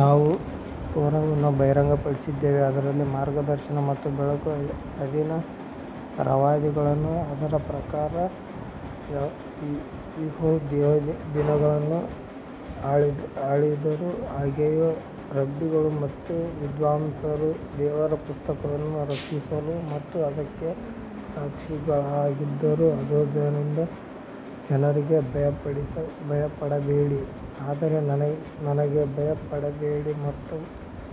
ನಾವು ಟೋರಾವನ್ನು ಬಹಿರಂಗಪಡಿಸಿದ್ದೇವೆ ಅದರಲ್ಲಿ ಮಾರ್ಗದರ್ಶನ ಮತ್ತು ಬೆಳಕು ಅಧೀನ ಪ್ರವಾದಿಗಳು ಅದರ ಪ್ರಕಾರ ಯಹೂದಿಗಳನ್ನು ಆಳಿದರು, ಹಾಗೆಯೇ ರಬ್ಬಿಗಳು ಮತ್ತು ವಿದ್ವಾಂಸರು ದೇವರ ಪುಸ್ತಕವನ್ನು ರಕ್ಷಿಸಲು ಮತ್ತು ಅದಕ್ಕೆ ಸಾಕ್ಷಿಗಳಾಗಿದ್ದರು ಆದ್ದರಿಂದ ಜನರಿಗೆ ಭಯಪಡಬೇಡಿ ಆದರೆ ನನಗೆ ಭಯಪಡಬೇಡಿ ಮತ್ತು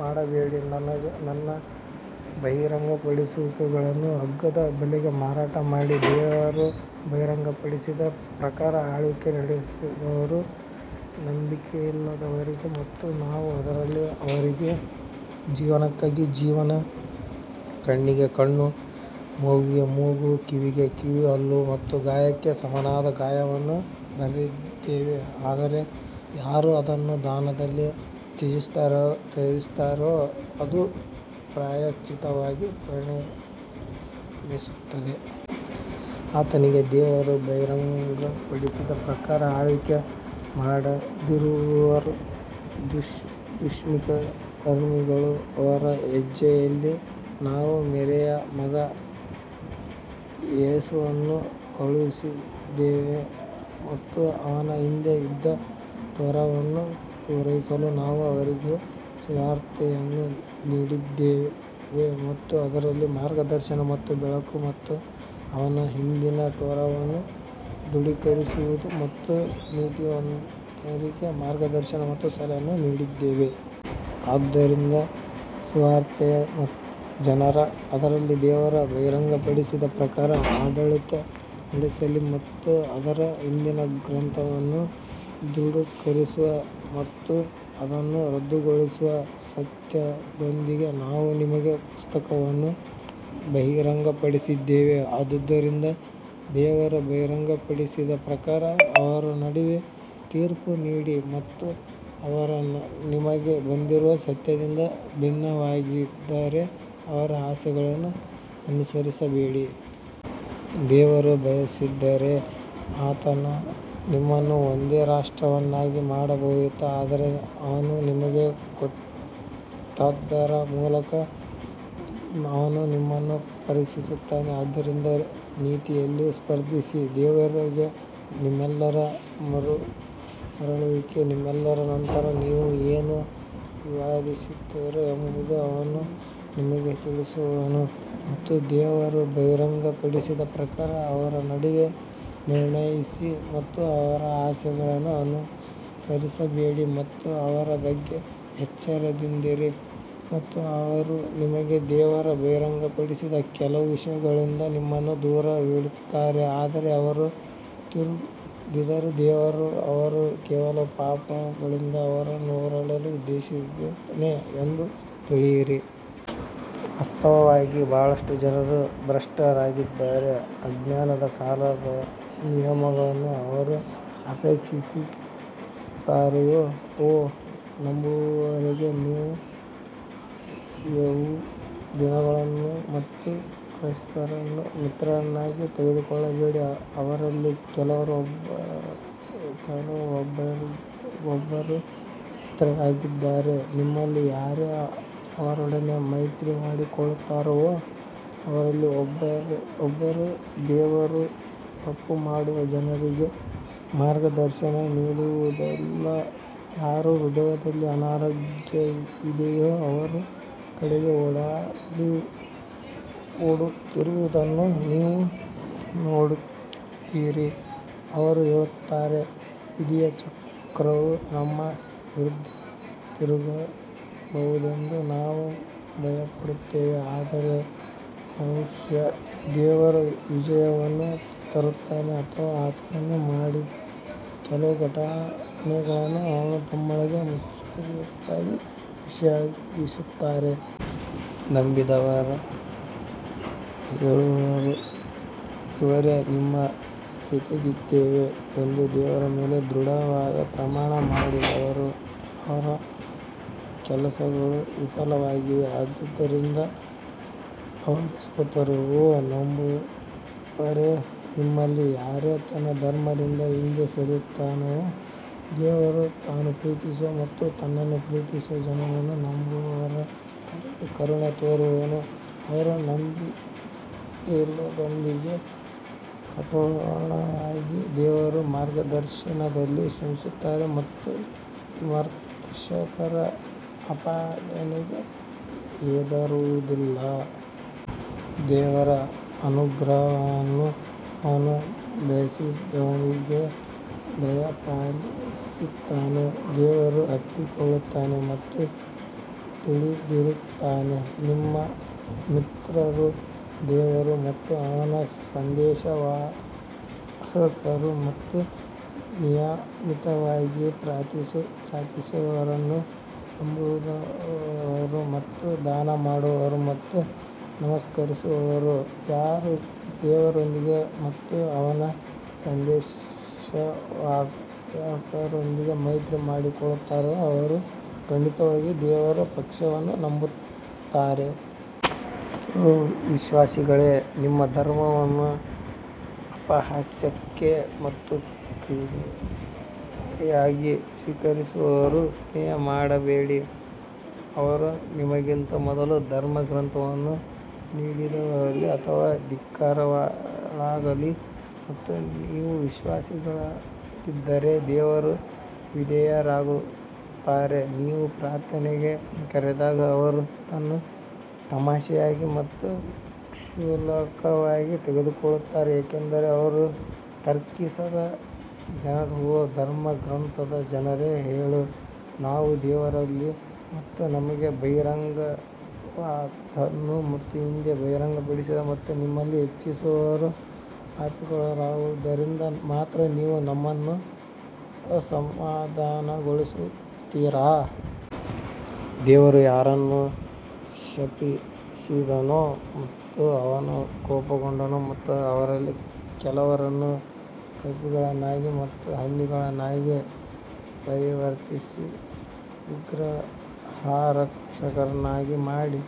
ಮಾಡಬೇಡಿ. ನನ್ನ ಬಹಿರಂಗಪಡಿಸುವಿಕೆಗಳನ್ನು ಅಗ್ಗದ ಬೆಲೆಗೆ ಮಾರಾಟ ಮಾಡಿ ದೇವರು ಬಹಿರಂಗಪಡಿಸಿದ ಪ್ರಕಾರ ಆಳ್ವಿಕೆ ನಡೆಸದವರು ನಂಬಿಕೆಯಿಲ್ಲದವರು ಮತ್ತು ನಾವು ಅದರಲ್ಲಿ ಅವರಿಗೆ ಜೀವನಕ್ಕಾಗಿ ಜೀವನ, ಕಣ್ಣಿಗೆ ಕಣ್ಣು, ಮೂಗು, ಮೂಗಿಗೆ ಕಿವಿ ಕಿವಿಗೆ ಹಲ್ಲು ಮತ್ತು ಗಾಯಕ್ಕೆ ಸಮಾನವಾದ ಗಾಯವನ್ನು ಬರೆದಿದ್ದೇವೆ ಆದರೆ ಯಾರು ಅದನ್ನು ದಾನದಲ್ಲಿ ತ್ಯಜಿಸುತ್ತಾರೋ ಅದು ಪ್ರಾಯಶ್ಚಿತ್ತವಾಗಿ ಪರಿಣಮಿಸುತ್ತದೆ. ಆತನಿಗೆ ದೇವರು ಬಹಿರಂಗಪಡಿಸಿದ ಪ್ರಕಾರ ಆಳ್ವಿಕೆ ಮಾಡದಿರುವವರು ದುಷ್ಕರ್ಮಿಗಳು ಅವರ ಹೆಜ್ಜೆಯಲ್ಲಿ ನಾವು ಮೇರಿಯ ಮಗ ಯೇಸುವನ್ನು ಕಳುಹಿಸಿದ್ದೇವೆ ಮತ್ತು ಅವನ ಹಿಂದೆ ಇದ್ದ ಟೋರಾವನ್ನು ಪೂರೈಸಲು ನಾವು ಅವರಿಗೆ ಸುವಾರ್ತೆಯನ್ನು ನೀಡಿದ್ದೇವೆ ಮತ್ತು ಅದರಲ್ಲಿ ಮಾರ್ಗದರ್ಶನ ಮತ್ತು ಬೆಳಕು ಮತ್ತು ಅವನ ಹಿಂದಿನ ಟೋರಾವನ್ನು ದೃಢೀಕರಿಸುವುದು ಮತ್ತು ನೀತಿವಂತರಿಗೆ ಮಾರ್ಗದರ್ಶನ ಮತ್ತು ಸಲಹೆಯನ್ನು ನೀಡಿದ್ದೇವೆ. ಆದ್ದರಿಂದ ಸುವಾರ್ತೆಯ ಜನರು ಅದರಲ್ಲಿ ದೇವರು ಬಹಿರಂಗಪಡಿಸಿದ ಪ್ರಕಾರ ಆಡಳಿತ ನಡೆಸಲಿ ಮತ್ತು ಅದರ ಹಿಂದಿನ ಗ್ರಂಥವನ್ನು ದೃಢೀಕರಿಸುವ ಮತ್ತು ಅದನ್ನು ರದ್ದುಗೊಳಿಸುವ ಸತ್ಯದೊಂದಿಗೆ ನಾವು ನಿಮಗೆ ಪುಸ್ತಕವನ್ನು ಬಹಿರಂಗಪಡಿಸಿದ್ದೇವೆ ಆದ್ದರಿಂದ ದೇವರು ಬಹಿರಂಗಪಡಿಸಿದ ಪ್ರಕಾರ ಅವರ ನಡುವೆ ತೀರ್ಪು ನೀಡಿ ಮತ್ತು ಅವರು ನಿಮಗೆ ಬಂದಿರುವ ಸತ್ಯದಿಂದ ಭಿನ್ನವಾಗಿದ್ದರೆ ಅವರ ಆಸೆಗಳನ್ನು ಅನುಸರಿಸಬೇಡಿ. ದೇವರು ಬಯಸಿದ್ದರೆ ಆತನು ನಿಮ್ಮನ್ನು ಒಂದೇ ರಾಷ್ಟ್ರವನ್ನಾಗಿ ಮಾಡಬಹುದಿತ್ತು ಆದರೆ ಅವನು ನಿಮಗೆ ಕೊಟ್ಟದ್ದರ ಮೂಲಕ ಅವನು ನಿಮ್ಮನ್ನು ಪರೀಕ್ಷಿಸುತ್ತಾನೆ ಆದ್ದರಿಂದ ನೀತಿಯಲ್ಲಿ ಸ್ಪರ್ಧಿಸಿ ದೇವರಿಗೆ ನಿಮ್ಮೆಲ್ಲರ ಮರಳುವಿಕೆ ನಿಮ್ಮೆಲ್ಲರ ನಂತರ ನೀವು ಏನು ವಿವಾದಿಸಿದ್ದೀರಿ ಎಂಬುದನ್ನು ಅವನು ನಿಮಗೆ ತಿಳಿಸುವನು. ಮತ್ತು ದೇವರು ಬಹಿರಂಗಪಡಿಸಿದ ಪ್ರಕಾರ ಅವರ ನಡುವೆ ನಿರ್ಣಯಿಸಿ ಮತ್ತು ಅವರ ಆಸೆಗಳನ್ನು ಅನುಸರಿಸಬೇಡಿ ಮತ್ತು ಅವರ ಬಗ್ಗೆ ಎಚ್ಚರದಿಂದಿರಿ ಮತ್ತು ಅವರು ನಿಮಗೆ ದೇವರು ಬಹಿರಂಗಪಡಿಸಿದ ಕೆಲವು ವಿಷಯಗಳಿಂದ ನಿಮ್ಮನ್ನು ದೂರವಿಡುತ್ತಾರೆ ಆದರೆ ಅವರು ತಿರುಗಿದರೆ ದೇವರು ಅವರ ಕೆಲವು ಪಾಪಗಳಿಂದ ಅವರನ್ನು ಹೊಡೆಯಲು ಉದ್ದೇಶಿಸಿದ್ದಾನೆ ಎಂದು ತಿಳಿಯಿರಿ. ವಾಸ್ತವವಾಗಿ ಬಹಳಷ್ಟು ಜನರು ಭ್ರಷ್ಟರಾಗಿದ್ದಾರೆ ಅಜ್ಞಾನದ ಕಾಲದ ನಿಯಮಗಳು ಅವರು ಅಪೇಕ್ಷಿಸುತ್ತಾರೆಯೇ? ಓ ನಂಬುವವರೇ ನೀವು ಯಹೂದಿಗಳನ್ನು ಮತ್ತು ಕ್ರೈಸ್ತರನ್ನು ಮಿತ್ರರನ್ನಾಗಿ ತೆಗೆದುಕೊಳ್ಳಬೇಡಿ ಅವರಲ್ಲಿ ಕೆಲವರು ಒಬ್ಬರಿಗೊಬ್ಬರು ಮಿತ್ರರಾಗಿದ್ದಾರೆ ನಿಮ್ಮಲ್ಲಿ ಯಾರೇ ಅವರೊಡನೆ ಮೈತ್ರಿ ಮಾಡಿಕೊಳ್ಳುತ್ತಾರೋ ಅವರಲ್ಲಿ ಒಬ್ಬರು ದೇವರು ತಪ್ಪು ಮಾಡುವ ಜನರಿಗೆ ಮಾರ್ಗದರ್ಶನ ನೀಡುವುದಿಲ್ಲ ಯಾರ ಹೃದಯದಲ್ಲಿ ಅನಾರೋಗ್ಯವಿದೆಯೋ ಅವರ ಕಡೆಗೆ ಓಡುತ್ತಿರುವುದನ್ನು ನೀವು ನೋಡುತ್ತೀರಿ ಅವರು ಹೇಳುತ್ತಾರೆ, ವಿಧಿಯ ಚಕ್ರವು ನಮ್ಮ ವಿರುದ್ಧ ತಿರುಗಬಹುದೆಂದು ನಾವು ಭಯಪಡುತ್ತೇವೆ ಆದರೆ ಬಹುಶಃ ದೇವರು ವಿಜಯವನ್ನು ತರುತ್ತಾನೆ ಅಥವಾ ಆತನು ಮಾಡಿದ ಕೆಲವು ಘಟನೆಗಳನ್ನು ಅವರು ತಮ್ಮೊಳಗೆ ಮುಚ್ಚಿಟ್ಟದ್ದಕ್ಕಾಗಿ ವಿಷಾದಿಸುತ್ತಾರೆ. ನಂಬಿದವರು ಹೇಳುವರು ಇವರೇ ನಿಮ್ಮ ಜೊತೆಗಿದ್ದೇವೆ ಎಂದು ದೇವರ ಮೇಲೆ ದೃಢವಾದ ಪ್ರಮಾಣ ಮಾಡಿದವರು ಅವರ ಕೆಲಸಗಳು ವಿಫಲವಾಗಿವೆ ಆದ್ದರಿಂದ ಅವರು ಸೋತರು ಓ ನಂಬುವವರೇ, ನಿಮ್ಮಲ್ಲಿ ಯಾರೇ ತನ್ನ ಧರ್ಮದಿಂದ ಹಿಂದೆ ಸರಿಯುತ್ತಾನೋ, ದೇವರು ತಾನು ಪ್ರೀತಿಸುವ ಮತ್ತು ತನ್ನನ್ನು ಪ್ರೀತಿಸುವ ಜನರನ್ನು ನಂಬುವವರ ಕಡೆಗೆ ಕರುಣೆ ತೋರುವನು, ಅವರು ನಂಬಿಕೆಯಿಲ್ಲದವರೊಂದಿಗೆ ಕಠೋರವಾಗಿ ದೇವರ ಮಾರ್ಗದಲ್ಲಿ ಶ್ರಮಿಸುತ್ತಾರೆ ಮತ್ತು ವಿಮರ್ಶಕರ ಆಪಾದನೆಗೆ ಹೆದರುವುದಿಲ್ಲ. ದೇವರ ಅನುಗ್ರಹವನ್ನು ಅವನು ಬಯಸಿದವರಿಗೆ ದಯಪಾಲಿಸುತ್ತಾನೆ ದೇವರು ಅಪ್ಪಿಕೊಳ್ಳುತ್ತಾನೆ ಮತ್ತು ತಿಳಿದಿರುತ್ತಾನೆ ನಿಮ್ಮ ಮಿತ್ರರು ದೇವರು ಮತ್ತು ಅವನ ಸಂದೇಶವಾಹಕರು ಮತ್ತು ನಿಯಮಿತವಾಗಿ ಪ್ರಾರ್ಥಿಸುವವರನ್ನು ನಂಬುವವರು ಮತ್ತು ದಾನ ಮಾಡುವವರು ಮತ್ತು ನಮಸ್ಕರಿಸುವವರು ಯಾರು ದೇವರೊಂದಿಗೆ ಮತ್ತು ಅವನ ಸಂದೇಶವಾಹಕರೊಂದಿಗೆ ಮೈತ್ರಿ ಮಾಡಿಕೊಳ್ಳುತ್ತಾರೋ ಅವರು ಖಂಡಿತವಾಗಿಯೂ ದೇವರ ಪಕ್ಷವನ್ನು ನಂಬುತ್ತಾರೆ. ಓ ವಿಶ್ವಾಸಿಗಳೇ, ನಿಮ್ಮ ಧರ್ಮವನ್ನು ಅಪಹಾಸ್ಯಕ್ಕೆ ಮತ್ತು ಕ್ರೀಡೆಯಾಗಿ ಸ್ವೀಕರಿಸುವವರ ಸ್ನೇಹ ಮಾಡಬೇಡಿ, ಅವರು ನಿಮಗಿಂತ ಮೊದಲು ಧರ್ಮಗ್ರಂಥವನ್ನು ನೀಡಿದವರಲ್ಲಿರಲಿ ಅಥವಾ ಧಿಕ್ಕಾರಿಗಳಾಗಲಿ ಮತ್ತು ನೀವು ವಿಶ್ವಾಸಿಗಳಾಗಿದ್ದರೆ ದೇವರಿಗೆ ವಿಧೇಯರಾಗುತ್ತಾರೆ. ನೀವು ಪ್ರಾರ್ಥನೆಗೆ ಕರೆದಾಗ ಅವರು ಅದನ್ನು ತಮಾಷೆಯಾಗಿ ಮತ್ತು ಕ್ಷುಲ್ಲಕವಾಗಿ ತೆಗೆದುಕೊಳ್ಳುತ್ತಾರೆ ಏಕೆಂದರೆ ಅವರು ತರ್ಕಿಸದ ಜನರು ಓ ಧರ್ಮಗ್ರಂಥದ ಜನರೇ ಹೇಳು, ನಾವು ದೇವರಲ್ಲಿ ಮತ್ತು ನಮಗೆ ಬಹಿರಂಗವಾದದ್ದನ್ನು ಮತ್ತು ಹಿಂದೆ ಬಹಿರಂಗಪಡಿಸಿದ ಮತ್ತು ನಿಮ್ಮಲ್ಲಿ ಹೆಚ್ಚಿನವರು ಪಾಪಿಗಳಾಗಿರುವುದರಿಂದ ಮಾತ್ರ ನೀವು ನಮ್ಮನ್ನು ಅಸಮಾಧಾನಗೊಳಿಸುತ್ತೀರಾ? ದೇವರು ಯಾರನ್ನು ಶಪಿಸಿದನೋ ಮತ್ತು ಅವನು ಕೋಪಗೊಂಡನು ಮತ್ತು ಅವರಲ್ಲಿ ಕೆಲವರನ್ನು ಕಪಿಗಳಾಗಿ ಮತ್ತು ಹಂದಿಗಳಾಗಿ ಪರಿವರ್ತಿಸಿ ವಿಗ್ರಹಾರಾಧಕರನ್ನಾಗಿ ಮಾಡಿದ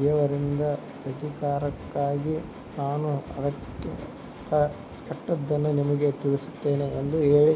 ದೇವರಿಂದ ಪ್ರತೀಕಾರಕ್ಕಾಗಿ ನಾನು ಅದಕ್ಕಿಂತ ಕೆಟ್ಟದ್ದನ್ನು ನಿಮಗೆ ತಿಳಿಸುತ್ತೇನೆ ಎಂದು ಹೇಳಿ.